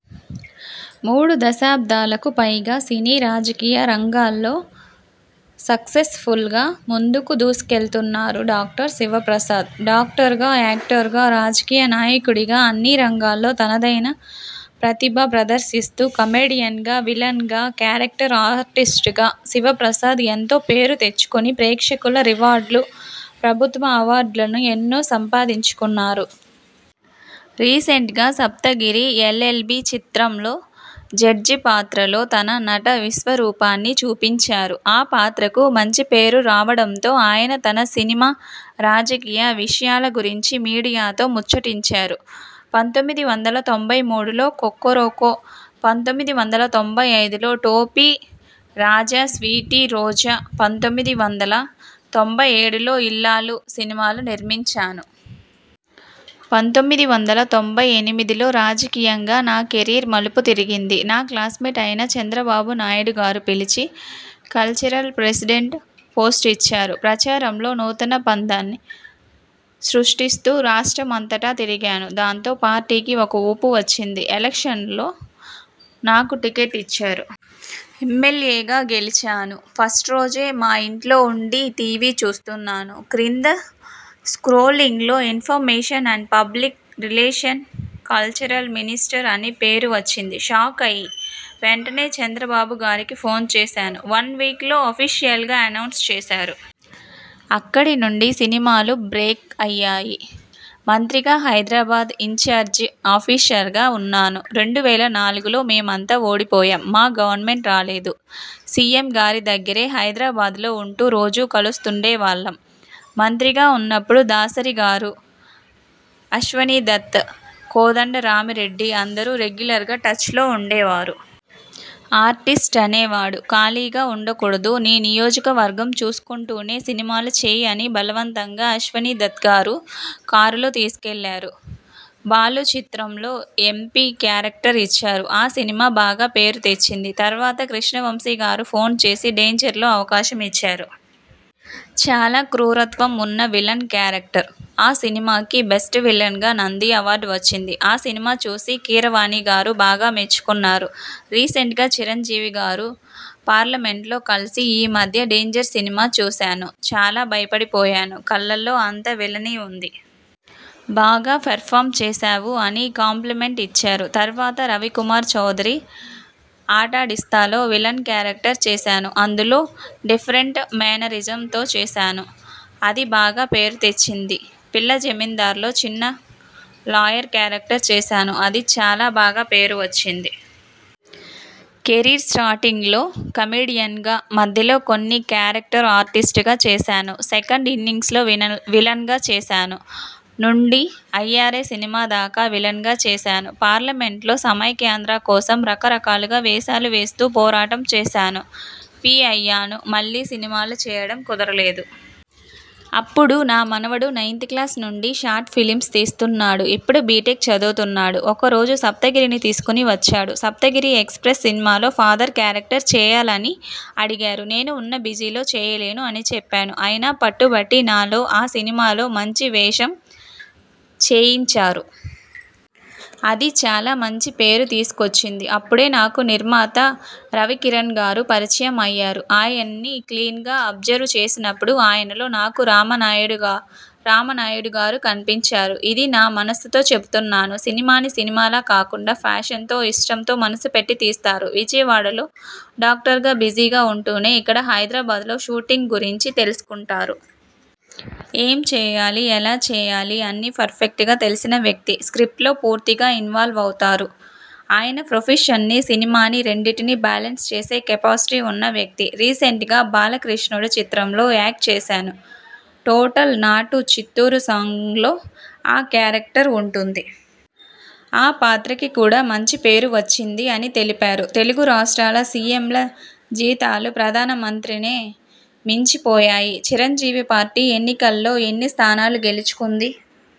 మూడు దశాబ్దాలుకు పైగా సినీ, రాజకీయ రంగంలో సక్సెస్ఫుల్గా ముందుకు దూసుకెళ్తున్నారు డా. శివప్రసాద్. డాక్టర్గా, యాక్టర్గా, రాజకీయ నాయకుడిగా అన్నీ రంగాల్లో తనదైన ప్రతిభ ప్రదర్శిస్తూ, కమెడియన్గా, విలన్గా, క్యారెక్టర్ ఆర్టిస్ట్గా శివ ప్రసాద్ ఎంతో పేరు తెచ్చుకుని ప్రేక్షకుల రివార్డులు, ప్రభుత్వ అవార్డులు ఎన్నో సంపాదించుకున్నారు. రీసెంట్గా 'సప్తగిరి ఎల్. ఎల్. బి' చిత్రంలో జడ్జి పాత్రలో తన నట విశ్వరూపాన్ని చూపించారు. ఆ పాత్రకు మంచి పేరు రావడంతో ఆయన తన సినిమా, రాజకీయ విషయాల గురించి మీడియాతో ముచ్చటించారు. పంతొమ్మిది వందల తొంభై మూడులో 'కొక్కొరకో', పంతొమ్మిది వందల తొంభై ఐదులో 'టోపీ రాజా స్వీటీ రోజా', పంతొమ్మిది వందల తొంభై ఏడులో 'ఇల్లాలు' సినిమాలు నిర్మించాను. పంతొమ్మిది వందల తొంభై ఎనిమిదిలో రాజకీయంగా నా కెరీర్ మలుపు తిరిగింది. నా క్లాస్మేట్ అయిన చంద్రబాబు నాయుడు గారు పిలిచి కల్చరల్ ప్రెసిడెంట్ పోస్ట్ ఇచ్చారు. ప్రచారంలో నూతన పంధాని సృష్టిస్తూ రాష్ట్ర మంతటా తిరిగాను. దాంతో పార్టీకి ఒక ఊపు వచ్చింది. ఎలక్షన్స్లో నాకు టిక్కెట్ ఇచ్చారు. ఎమ్మెల్యేగా గెలిచాను. ఫస్ట్ రోజే మా ఇంట్లో వుండి టీ. వి చూస్తున్నాను. క్రింద స్క్రోలింగ్లో information and public relation cultural minister అని పేరు వచ్చింది. షాక్ అయి వెంటనే చంద్రబాబు గారికి ఫోన్ చేశాను. వన్ వీక్లో అఫీషియల్గా ఎనౌన్స్ చేశారు. అక్కడ నుండి సినిమాలు బ్రేక్ అయ్యాయి. మంత్రిగా, హైదరాబాద్ ఇంఛార్జి ఆఫీసర్గా వున్నాను. రెండు వేల నాలుగులో మేమంతా ఓడిపోయాం. మా గవర్నమెంట్ రాలేదు. సి. ఎం. గారి దగ్గరే హైదరాబాద్లో ఉంటూ రోజూ కలుస్తుండే వాళ్ళం. మంత్రిగా ఉన్నప్పుడు దాసరి గారు, అశ్వనీదత్, కోదండ రామిరెడ్డి అందరూ రెగ్యులర్గా టచ్లో వుండే వారు. ఆర్టిస్ట్ అనేవాడు ఖాళీగా వుండ కూడదు. నీ నియోజకవర్గం చూసుకుంటూనే సినిమాలు చెయ్ అని బలవంతంగా అశ్వనీదత్గారు కారులో తీసుకెళ్ళారు. 'బాలు' చిత్రంలో ఎం. పి. క్యారెక్టర్ ఇచ్చారు. ఆ సినిమా బాగా పేరు తెచ్చింది. తర్వాత కృష్ణవంశీ గారు ఫోన్ చేసి 'డేంజర్'లో అవకాశం ఇచ్చారు. చాలా క్రూరత్వం వున్న విలన్ క్యారెక్టర్. ఆ సినిమాకి బెస్ట్ విలన్గా నంది అవార్డు వచ్చింది. ఆ సినిమా చూసి కీరవాణి గారు బాగా మెచ్చుకున్నారు. రీసెంట్గా చిరంజీవి గారు పార్లమెంట్లో కలిసి ఈ మధ్య 'డేంజర్' సినిమా చూశాను. చాలా భయపడి పోయాను. కళ్ళలో అంత విలనీ వుంది. బాగా పెర్ఫార్మ్ చేశావు అని కాంప్లిమెంట్ ఇచ్చారు. తర్వాత రవికుమార్ చౌదరి 'ఆటాడిస్తా'లో విలన్ క్యారెక్టర్ చేశాను. అందులో డిఫరెంట్ మేనరిజం తో చేశాను. అది బాగా పేరు తెచ్చింది. 'పిల్ల జమీందార్'లో చిన్న లాయర్ క్యారెక్టర్ చేశాను. అది చాలా బాగా పేరు వచ్చింది. కెరీర్ స్టార్టింగ్లో కమెడియన్గా, మధ్యలో కొన్ని క్యారెక్టర్ ఆర్టిస్ట్గా చేశాను. సెకండ్ ఇన్నింగ్స్లో విలన్గా చేశాను. నుండి 'అయ్యారే' సినిమా దాకా విలన్గా చేశాను. పార్లమెంట్లో సమైఖ్యాంధ్ర కోసం రకరకాల వేషాలు వేస్తూ పోరాటం చేశాను. పీ అయ్యాను. మళ్ళీ సినిమాలు చేయడం కుదర లేదు. అప్పుడు నా మనవడు నైన్త్ క్లాస్ నుండి షార్ట్ ఫిలింస్ తీస్తున్నాడు. ఇప్పుడు బిటెక్ చదువుతున్నాడు. ఒకరోజు సప్తగిరిని తీసుకొని వచ్చాడు. 'సప్తగిరి ఎక్స్ప్రెస్' సినిమాలో ఫాదర్ క్యారెక్టర్ చేయాలి అని అడిగారు. నేను వున్న బిజీలో చేయలేను అని చెప్పాను. అయినా పట్టు బట్టి నాలో ఆ సినిమాలో మంచి వేషం చేయించారు. అది చాలా మంచి పేరు తీసుకొచ్చింది. అప్పుడే నాకు నిర్మాత రవికిరణ్గారు పరిచయం అయ్యారు. ఆయన్ని క్లీన్గా అబ్జర్వ్ చేసినప్పుడు ఆయనలో నాకు రామానాయుడు గారు కన్పించారు. ఇది నా మనసుతో చెప్తున్నాను. సినిమాని సినిమాలా కాకుండా ప్యాషన్తో ఇష్టంతో మనసు పెట్టి తీస్తారు. విజయవాడ లో డాక్టర్గా బిజీగా వుంటూనే ఇక్కడ హైదరాబాద్లో షూటింగ్ గురించి తెలుసుకుంటారు. ఏం చెయ్యాలి? ఎలా చెయ్యాలి అన్నీ పర్ఫెక్ట్గా తెల్సిన వ్యక్తి. స్క్రిప్ట్లో పూర్తిగా ఇన్వాల్వ్ అవుతారు. ఆయన ప్రొఫెషన్ని, సినిమాని రెండింటినీ బేలెన్స్ చేసే కెపాసిటీ వున్న వ్యక్తి. రీసెంట్గా 'బాలకృష్ణుడు' చిత్రంలో యాక్ట్ చేశాను. టోటల్ నాటు చిత్తూరు స్లాంగ్లో ఆ క్యారెక్టర్ వుంటుంది. ఆ పాత్రకి కూడా మంచి పేరు వచ్చింది, అని తెలిపారు. తెలుగు రాష్ట్రాల సీఎంల జీతాలు ప్రధాన మంత్రినే మించి పోయాయి! చిరంజీవి పార్టీ ఎన్నికల్లో ఎన్ని స్థానాలు గెలుచుకుంది?